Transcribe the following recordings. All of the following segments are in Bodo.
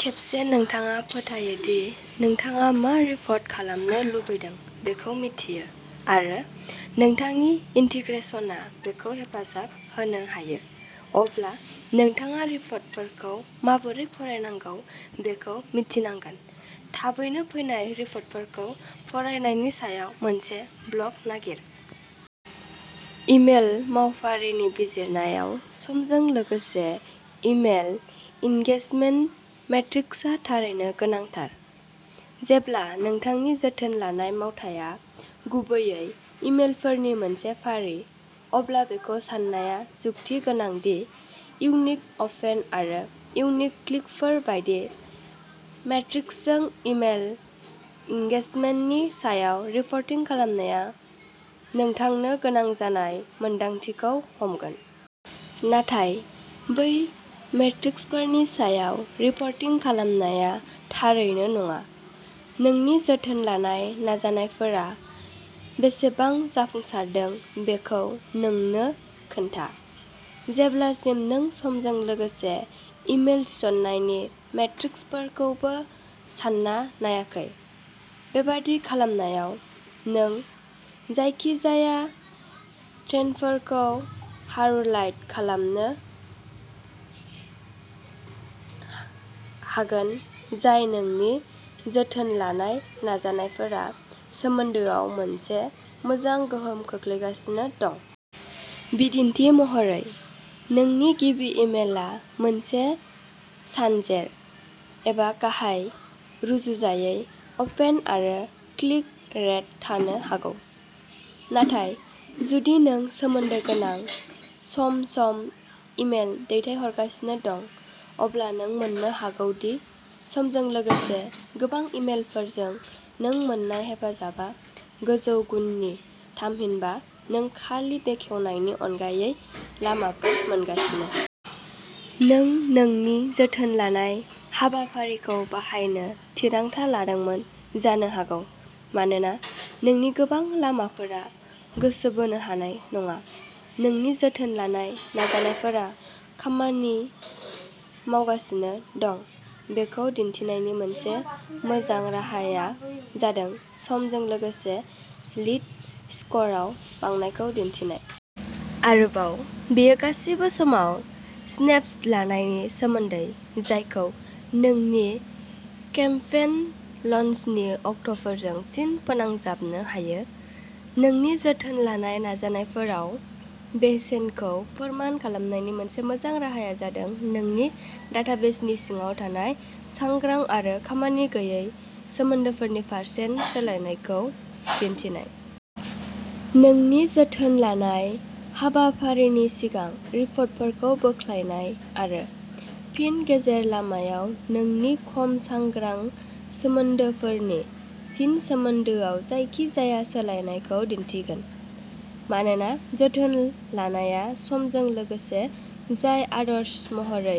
खेबसे नोंथाङा फोथायो दि नोंथाङा मा रिपर्ट खालामनो लुबैदों बेखौ मिन्थियो, आरो नोंथांनि इन्टिग्रेसनआ बेखौ हेफाजाब होनो हायो, अब्ला नोंथाङा रिपर्टफोरखौ माबोरै फरायनांगौ बेखौ मिन्थिनांगोन। थाबैनो फैनाय रिपर्टफोरखौ फरायनायनि सायाव मोनसे ब्लग नागिर। इमेल मावफारिनि बिजिरनायाव समजों लोगोसे इमेल इन्गेजमेन्ट मेट्रिक्सआ थारैनो गोनांथार। जेब्ला नोंथांनि जोथोन लानाय मावथाया गुबैयै इमेलफोरनि मोनसे फारि, अब्ला बेखौ साननाया जुक्तिगोनां दि इउनिक अपेन आरो इउनिक क्लिकफोर बायदि मेट्रिक्सजों इमेल इन्गेजमेन्टनि सायाव रिपर्टिं खालामनाया नोंथांनो गोनां जानाय मोनदांथिखौ हमगोन। नाथाय बै मेट्रिक्सफोरनि सायाव रिपर्टिं खालामनाया थारैनो नङा। नोंनि जोथोन लानाय नाजानायफोरा बेसेबां जाफुंसारदों बेखौ नोंनो खोन्था, जेब्लासिम नों समजों लोगोसे इमेल थिसननायनि मेट्रिक्सखौबो सानना नायाखै। बेबादि खालामनायाव, नों जायखिजाया ट्रेन्डफोरखौ हाईलाइट खालामनो हागोन जाय नोंनि जोथोन लानाय नाजानायफोरा सोमोन्दोआव मोनसे मोजां गोहोम खोख्लैगासिनो दं। बिदिन्थि महरै, नोंनि गिबि इमेलआ मोनसे सानजेर, एबा गाहाय, रुजुजायै अपेन आरो क्लिक रेट थानो हागौ, नाथाय जुदि नों सोमोन्दो गोनां, सम-सम इमेल दैथायहरगासिनो दं, अब्ला नों मोन्नो हागौ दि समजों लोगोसे, गोबां इमेलफोरजों, नों मोन्नाय हेफाजाबआ गोजौ गुननि, थामहिनबा नों खालि बेखेवनायनि अनगायै लामाफोर मोनगासिनो। नों नोंनि जोथोन लानाय हाबाफारिखौ बाहायनो थिरांथा लादोंमोन जानो हागौ मानोना नोंनि गोबां लामाफोरा गोसो बोनो हानाय नङा। नोंनि जोथोन लानाय नाजानायफोरा खामानि मावगासिनो दं बेखौ दिन्थिनायनि मोनसे मोजां राहाया जादों समजों लोगोसे लीड स्करआव बांनायखौ दिन्थिनाय। आरोबाव, बेयो गासिबो समाव स्नेपशट लानायनि सोमोन्दै, जायखौ नोंनि केम्पेइन लन्चनि अक्टफोरजों फिन फोनांजाबनो हायो। नोंनि जोथोन लानाय नाजानायफोराव बेसेनखौ फोरमान खालामनायनि मोनसे मोजां राहाया जादों नोंनि डाटाबेसनि सिङाव थानाय सांग्रां आरो खामानि गैयै सोमोन्दोफोरनि% सोलायनायखौ दिन्थिनाय। नोंनि जोथोन लानाय हाबाफारिनि सिगां रिपर्टफोरखौ बोख्लायनाय, आरो फिन गेजेर-लामायाव नोंनि खम सांग्रां सोमोन्दोफोरनि फिन-सोमोन्दोआव जायखिजाया सोलायनायखौ दिन्थिगोन। मानोना जोथोन लानायआ समजों लोगोसे जायो, आदर्श महरै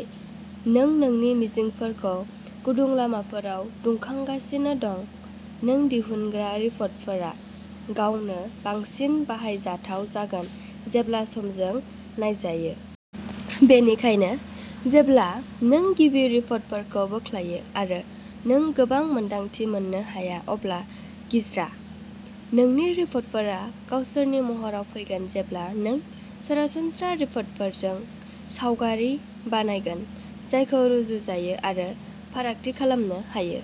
नों नोंनि मिजिंफोरखौ गुदुं लामाफोराव दुंखांगासिनो दं, नों दिहुनग्रा रिपर्टफोरा गावनो बांसिन बाहायजाथाव जागोन जेब्ला समजों नायजायो। बेनिखायनो जेब्ला नों गिबि रिपर्टफोरखौ बोख्लायो आरो नों गोबां मोनदांथि मोननो हाया अब्ला गिज्रा। नोंनि रिपर्टफोरा गावसोरनि महराव फैगोन जेब्ला नों सरासनस्रा रिपर्टफोरजों सावगारि बानायगोन जायखौ रुजुजायो आरो फारागथि खालामनो हायो।